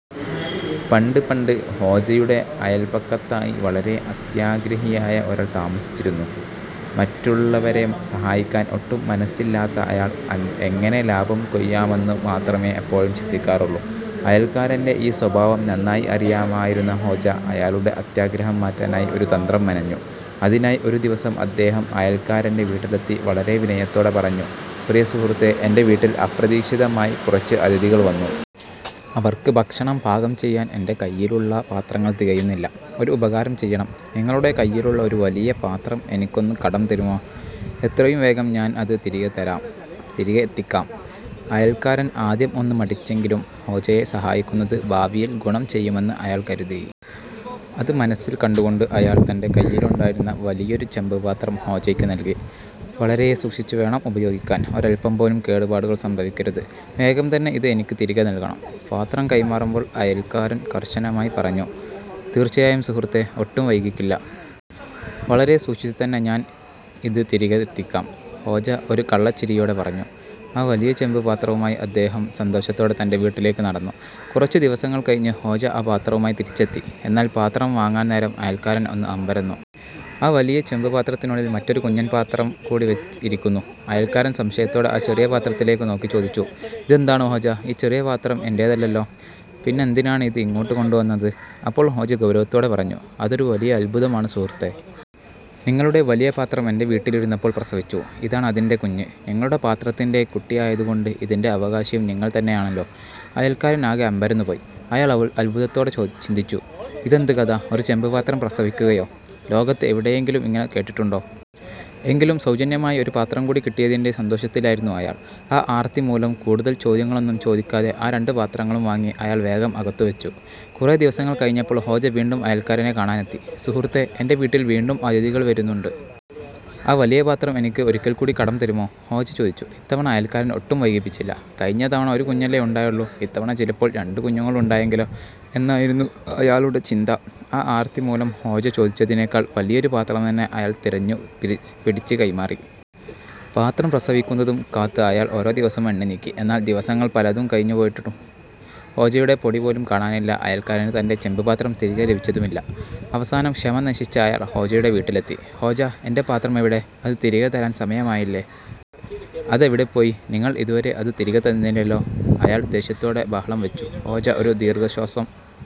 പണ്ട് പണ്ട്, ഹോജയുടെ അയൽപക്കത്തായി വളരെ അത്യാഗ്രഹിയായ ഒരാൾ താമസിച്ചിരുന്നു. മറ്റുള്ളവരെ സഹായിക്കാൻ ഒട്ടും മനസ്സില്ലാത്ത അയാൾ, എങ്ങനെ ലാഭം കൊയ്യാമെന്നു മാത്രമേ എപ്പോഴും ചിന്തിക്കാറുള്ളൂ. അയൽക്കാരന്റെ ഈ സ്വഭാവം നന്നായി അറിയാമായിരുന്ന ഹോജ, അയാളുടെ അത്യാഗ്രഹം മാറ്റാനായി ഒരു തന്ത്രം മെനഞ്ഞു. അതിനായി ഒരു ദിവസം അദ്ദേഹം അയൽക്കാരന്റെ വീട്ടിലെത്തി വളരെ വിനയത്തോടെ പറഞ്ഞു: "പ്രിയ സുഹൃത്തേ, എന്റെ വീട്ടിൽ അപ്രതീക്ഷിതമായി കുറച്ച് അതിഥികൾ വന്നു. അവർക്ക് ഭക്ഷണം പാകം ചെയ്യാൻ എന്റെ കയ്യിലുള്ള പാത്രങ്ങൾ തികയുന്നില്ല. ഒരു ഉപകാരം ചെയ്യണം, നിങ്ങളുടെ കയ്യിലുള്ള ഒരു വലിയ പാത്രം എനിക്കൊന്ന് കടം തരുമോ? എത്രയും വേഗം ഞാൻ അത് തിരികെ എത്തിക്കാം. " അയൽക്കാരൻ ആദ്യം ഒന്ന് മടിച്ചെങ്കിലും ഹോജയെ സഹായിക്കുന്നത് ഭാവിയിൽ ഗുണം ചെയ്യുമെന്ന് അയാൾ കരുതി. അത് മനസ്സിൽ കണ്ടുകൊണ്ട് അയാൾ തന്റെ കയ്യിലുണ്ടായിരുന്ന വലിയൊരു ചെമ്പ് പാത്രം ഹോജയ്ക്ക് നൽകി. "വളരെ സൂക്ഷിച്ചു വേണം ഉപയോഗിക്കാൻ, ഒരല്പം പോലും കേടുപാടുകൾ സംഭവിക്കരുത്! വേഗം തന്നെ ഇത് എനിക്ക് തിരികെ നൽകണം. " പാത്രം കൈമാറുമ്പോൾ അയൽക്കാരൻ കർശനമായി പറഞ്ഞു. "തീർച്ചയായും സുഹൃത്തേ, ഒട്ടും വൈകിക്കില്ല! വളരെ സൂക്ഷിച്ചുതന്നെ ഞാൻ ഇത് തിരികെ എത്തിക്കാം. " ഹോജ ഒരു കള്ളച്ചിരിയോടെ പറഞ്ഞു. ആ വലിയ ചെമ്പ് പാത്രവുമായി അദ്ദേഹം സന്തോഷത്തോടെ തന്റെ വീട്ടിലേക്ക് നടന്നു. കുറച്ചു ദിവസങ്ങൾ കഴിഞ്ഞ് ഹോജ ആ പാത്രവുമായി തിരിച്ചെത്തി. എന്നാൽ പാത്രം വാങ്ങാൻ നേരം അയൽക്കാരൻ ഒന്ന് അമ്പരന്നു. ആ വലിയ ചെമ്പ് പാത്രത്തിനുള്ളിൽ മറ്റൊരു കുഞ്ഞൻ ചെമ്പ് പാത്രം കൂടി ഇരിക്കുന്നു! അയൽക്കാരൻ സംശയത്തോടെ ആ ചെറിയ പാത്രത്തിലേക്ക് നോക്കി ചോദിച്ചു: "ഇതെന്താണ് ഹോജ? ഈ ചെറിയ പാത്രം എന്റേതല്ലല്ലോ! പിന്നെന്തിനാണ് ഇത് ഇങ്ങോട്ട് കൊണ്ടുവന്നത്? " അപ്പോൾ ഹോജ ഗൗരവത്തോടെ പറഞ്ഞു: "അതൊരു വലിയ അത്ഭുതമാണ് സുഹൃത്തേ! നിങ്ങളുടെ വലിയ പാത്രം എന്റെ വീട്ടിലിരുന്നപ്പോൾ പ്രസവിച്ചു. ഇതാണ് അതിന്റെ കുഞ്ഞ്! നിങ്ങളുടെ പാത്രത്തിന്റെ കുട്ടിയായതുകൊണ്ട് ഇതിന്റെ അവകാശിയും നിങ്ങൾ തന്നെയാണല്ലോ. " അയൽക്കാരൻ ആകെ അമ്പരന്നുപോയി. അയാൾ അത്ഭുതത്തോടെ ചിന്തിച്ചു: "ഇതെന്ത് കഥ! ഒരു ചെമ്പ് പാത്രം പ്രസവിക്കുകയോ? ലോകത്ത് എവിടെയെങ്കിലും ഇങ്ങനെ കേട്ടിട്ടുണ്ടോ! " എങ്കിലും സൗജന്യമായി ഒരു പാത്രം കൂടി കിട്ടിയതിന്റെ സന്തോഷത്തിലായിരുന്നു അയാൾ. ആ ആർത്തി മൂലം കൂടുതൽ ചോദ്യങ്ങളൊന്നും ചോദിക്കാതെ ആ രണ്ട് പാത്രങ്ങളും വാങ്ങി അയാൾ വേഗം അകത്തുവെച്ചു. കുറേ ദിവസങ്ങൾ കഴിഞ്ഞപ്പോൾ ഹോജ വീണ്ടും അയൽക്കാരനെ കാണാൻ എത്തി. "സുഹൃത്തേ, എന്റെ വീട്ടിൽ വീണ്ടും അതിഥികൾ വരുന്നുണ്ട്. ആ വലിയ പാത്രം എനിക്ക് ഒരിക്കൽ കൂടി കടം തരുമോ? " ഹോജ ചോദിച്ചു. ഇത്തവണ അയൽക്കാരൻ ഒട്ടും വൈകിപ്പിച്ചില്ല. 'കഴിഞ്ഞ തവണ ഒരു കുഞ്ഞല്ലേ ഉണ്ടായുള്ളൂ, ഇത്തവണ ചിലപ്പോൾ രണ്ട് കുഞ്ഞുങ്ങൾ ഉണ്ടായെങ്കിലോ! ' എന്നായിരുന്നു അയാളുടെ ചിന്ത. ആ ആർത്തി മൂലം ഹോജ ചോദിച്ചതിനേക്കാൾ വലിയൊരു പാത്രം തന്നെ അയാൾ തിരഞ്ഞു പിടിച്ച് കൈമാറി. പാത്രം പ്രസവിക്കുന്നതും കാത്ത് അയാൾ ഓരോ ദിവസവും എണ്ണിനീക്കി. എന്നാൽ ദിവസങ്ങൾ പലതും കഴിഞ്ഞു പോയിട്ടും ഹോജയുടെ പൊടിപോലും കാണാനില്ല അയൽക്കാരന് തന്റെ ചെമ്പ് പാത്രം തിരികെ ലഭിച്ചതുമില്ല. അവസാനം ക്ഷമ നശിച്ച അയാൾ ഹോജയുടെ വീട്ടിലെത്തി. "ഹോജ, എന്റെ പാത്രം എവിടെ? അത് തിരികെ തരാൻ സമയമായില്ലേ! അത് എവിടെപ്പോയി? നിങ്ങൾ ഇതുവരെ അത് തിരികെ തന്നില്ലല്ലോ! " അയാൾ ദേഷ്യത്തോടെ ബഹളം വെച്ചു. ഹോജ ഒരു ദീർഘശ്വാസം